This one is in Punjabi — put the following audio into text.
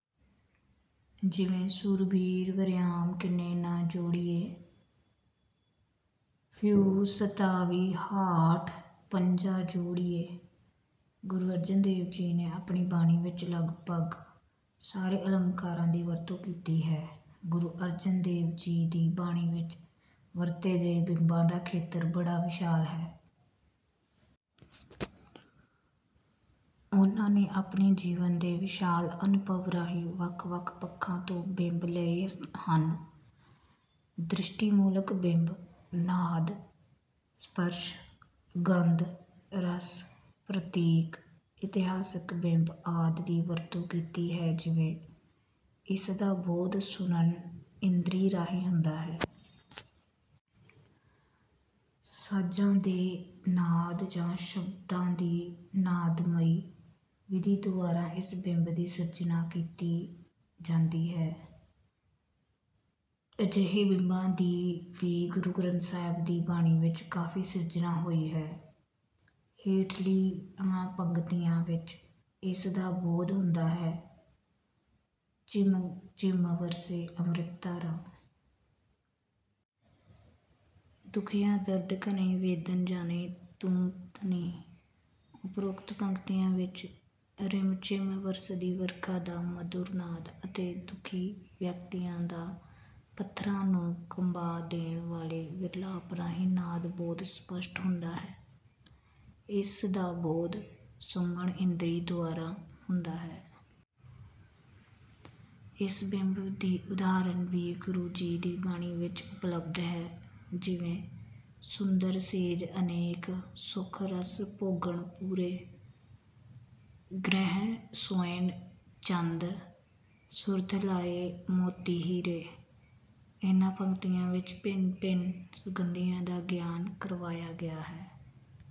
ਜਿਵੇਂ ਸੂਰਬੀਰ ਵਰਿਆਮ ਕਿਨੇ ਨ ਜੋੜੀਐ। ਫਉਜ ਸਤਾਵੀ ਹਾਠ ਪੰਜਾ ਜੋੜੀਐ। ਗੁਰੂ ਅਰਜਨ ਦੇਵ ਜੀ ਨੇ ਆਪਣੀ ਬਾਣੀ ਵਿੱਚ ਲਗਪਗ ਸਾਰੇ ਅਲੰਕਾਰਾਂ ਦੀ ਵਰਤੋਂ ਕੀਤੀ ਹੈ। ਗੁਰੂ ਅਰਜਨ ਦੇਵ ਜੀ ਦੀ ਬਾਣੀ ਵਿੱਚ ਵਰਤੇ ਗਏ ਬਿੰਬਾਂ ਦਾ ਖੇਤਰ ਬੜਾ ਵਿਸ਼ਾਲ ਹੈ। ਉਨ੍ਹਾਂ ਨੇ ਆਪਣੇ ਜੀਵਨ ਦੇ ਵਿਸ਼ਾਲ ਅਨੁਭਵ ਰਾਹੀਂ ਵੱਖ ਵੱਖ ਪੱਖਾਂ ਤੋਂ ਬਿੰਬ ਲਏ ਹਨ। ਦ੍ਰਿਸ਼ਟੀਮੂਲਕ ਬਿੰਬ, ਨਾਦ, ਸਪਰਸ਼, ਗੰਧ, ਰਸ, ਪ੍ਰਤੀਕ, ਇਤਿਹਾਸਕ ਬਿੰਬ ਆਦਿ ਦੀ ਵਰਤੋਂ ਕੀਤੀ ਹੈ ਜਿਵੇਂ: ਇਸ ਦਾ ਬੋਧ ਸੁਣਨ ਇੰਦਰੀ ਰਾਹੀਂ ਹੁੰਦਾ ਹੈ। ਸਾਜਾਂ ਦੇ ਨਾਦ ਜਾਂ ਸ਼ਬਦਾਂ ਦੀ ਨਾਦਮਈ ਵਿਧੀ ਦੁਆਰਾ ਇਸ ਬਿੰਬ ਦੀ ਸਿਰਜਨਾ ਕੀਤੀ ਜਾਂਦੀ ਹੈ। ਅਜਿਹੇ ਬਿੰਬਾਂ ਦੀ ਵੀ ਗੁਰੂ ਸਾਹਿਬ ਦੀ ਬਾਣੀ ਵਿੱਚ ਕਾਫੀ ਸਿਰਜਨਾ ਹੋਈ ਹੈ। ਹੇਠਲੀਆਂ ਪੰਕਤੀਆਂ ਵਿੱਚ ਇਸ ਦਾ ਬੋਧ ਹੁੰਦਾ ਹੈ: ਝਿਮਿ ਝਿਮਿ ਵਰਸੈ ਅੰਮ੍ਰਿਤ ਧਾਰਾ। ਦੁਖੀਆ ਦਰਦ ਘਣੇ ਵੇਦਨ ਜਾਣੈ ਤੂੰ ਧਣੀ। ਉਪਰੋਕਤ ਪੰਕਤੀਆਂ ਵਿੱਚ ਰਿਮਝਿਮ ਵਰਸਦੀ ਵਰਖਾ ਦਾ ਮਧੁਰ ਨਾਦ ਅਤੇ ਦੁਖੀ ਵਿਅਕਤੀਆਂ ਦਾ ਪੱਥਰਾਂ ਨੂੰ ਕੰਬਾ ਦੇਣ ਵਾਲੇ ਵਿਰਲਾਪ ਰਾਹੀਂ ਨਾਦ ਬੋਧ ਸਪਸ਼ਟ ਹੁੰਦਾ ਹੈ। ਇਸ ਦਾ ਬੋਧ ਸੁੰਘਣ ਇੰਦਰੀ ਦੁਆਰਾ ਹੁੰਦਾ ਹੈ। ਇਸ ਬਿੰਬ ਦੀ ਉਦਾਹਰਨ ਵੀ ਗੁਰੂ ਜੀ ਦੀ ਬਾਣੀ ਵਿੱਚ ਉਪਲਬਧ ਹੈ। ਜਿਵੇਂ: ਸੁੰਦਰ ਸੇਜ ਅਨੇਕ ਸੁਖ ਰਸ ਭੋਗਣ ਪੂਰੇ। ਗ੍ਰਿਹ ਸੋਇਨ ਚੰਦਨ ਸੁਰਤ ਲਾਇ ਮੋਤੀ ਹੀਰੇ। ਇਹਨਾਂ ਪੰਕਤੀਆਂ ਵਿੱਚ ਭਿੰਨ ਭਿੰਨ ਸੁਗੰਧੀਆਂ ਦਾ ਗਿਆਨ ਕਰਵਾਇਆ ਗਿਆ ਹੈ।